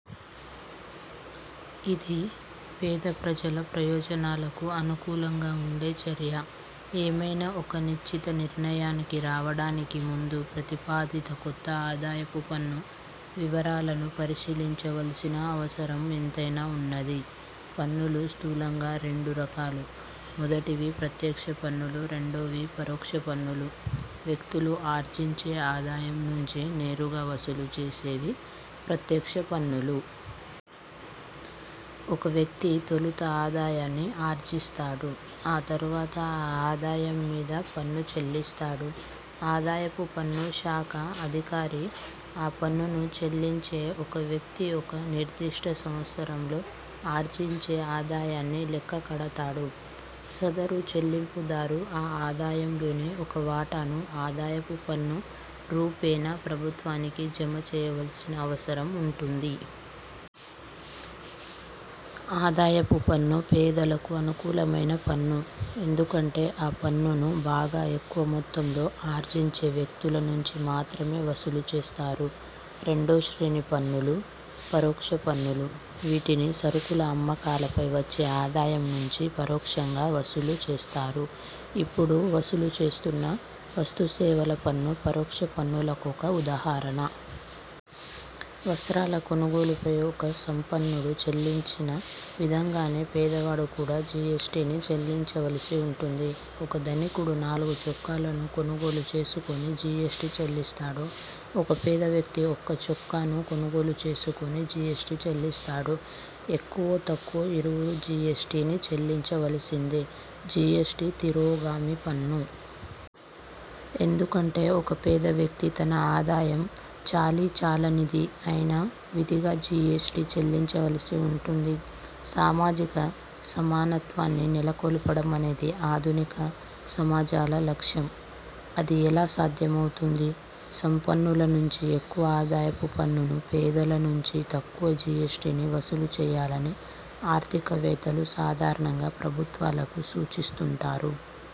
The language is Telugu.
ఇది, పేద ప్రజల ప్రయోజనాలకు అనుకూలంగా ఉండే చర్య. ఏమైనా ఒక నిశ్చిత నిర్ణయానికి రావడానికి ముందు ప్రతిపాదిత కొత్త ఆదాయపు పన్ను వివరాలను పరిశీలించవల్సిన అవసరం ఎంతైనా ఉన్నది. పన్నులు స్థూలంగా రెండు రకాలు. మొదటివి ప్రత్యక్ష పన్నులు; రెండోవి పరోక్ష పన్నులు. వ్యక్తులు ఆర్జించే ఆదాయం నుంచి నేరుగా వసూలు చేసేవి 'ప్రత్యక్ష పన్నులు'. ఒక వ్యక్తి తొలుత ఆదాయాన్ని ఆర్జిస్తాడు; ఆ తరువాత ఆ ఆదాయం మీద పన్ను చెల్లిస్తాడు. ఆదాయపు పన్ను శాఖ అధికారి ఆ పన్నును చెల్లించే ఒక వ్యక్తి ఒక నిర్దిష్ట సంవత్సరంలో ఆర్జించే ఆదాయాన్ని లెక్క కడతాడు. సదరు చెల్లింపుదారు ఆ ఆదాయంలోని ఒక వాటాను ఆదాయపు పన్ను రూపేణా ప్రభుత్వానికి జమ చేయవలసిన అవసరం ఉంటుంది. ఆదాయపు పన్ను పేదలకు అనుకూలమైన పన్ను. ఎందుకంటే ఆ పన్నును బాగా ఎక్కువ మొత్తంలో ఆర్జించే వ్యక్తుల నుంచి మాత్రమే వసూలు చేస్తారు. రెండో శ్రేణి పన్నులు – 'పరోక్ష పన్నులు'. వీటిని సరుకుల అమ్మకాలపై వచ్చే ఆదాయం నుంచి పరోక్షంగా వసూలు చేస్తారు. ఇప్పుడు వసూలు చేస్తున్న వస్తుసేవల పన్ను పరోక్ష పన్నులకొక ఉదాహరణ. వస్త్రాల కొనుగోలుపై ఒక సంపన్నుడు చెల్లించిన విధంగానే పేదవాడు కూడా జీఎస్టీని చెల్లించవలసి వుంటుంది. ఒక ధనికుడు నాలుగు చొక్కాలను కొనుగోలు చేసుకొని జీఎస్టీ చెల్లిస్తాడు. ఒక పేదవ్యక్తి ఒక చొక్కాను కొనుగోలు చేసుకొని జీఎస్టీ చెల్లిస్తాడు. ఎక్కువో తక్కువో ఇరువురూ జీఎస్టీని చెల్లించవలసిందే. జీఎస్టీ తిరోగామి పన్ను. ఎందుకంటే ఒక పేద వ్యక్తి తన ఆదాయం చాలీచాలనిది అయినా విధిగా జీఎస్టీ చెల్లించవలసి వుంటుంది. సామాజిక సమానత్వాన్ని నెలకొల్పడమనేది ఆధునిక సమాజాల లక్ష్యం. అది ఎలా సాధ్యమవుతుంది? సంపన్నుల నుంచి ఎక్కువ ఆదాయపు పన్నును, పేదల నుంచి తక్కువ జీఎస్టీని వసూలు చేయాలని ఆర్థికవేత్తలు సాధారణంగా ప్రభుత్వాలకు సూచిస్తుంటారు.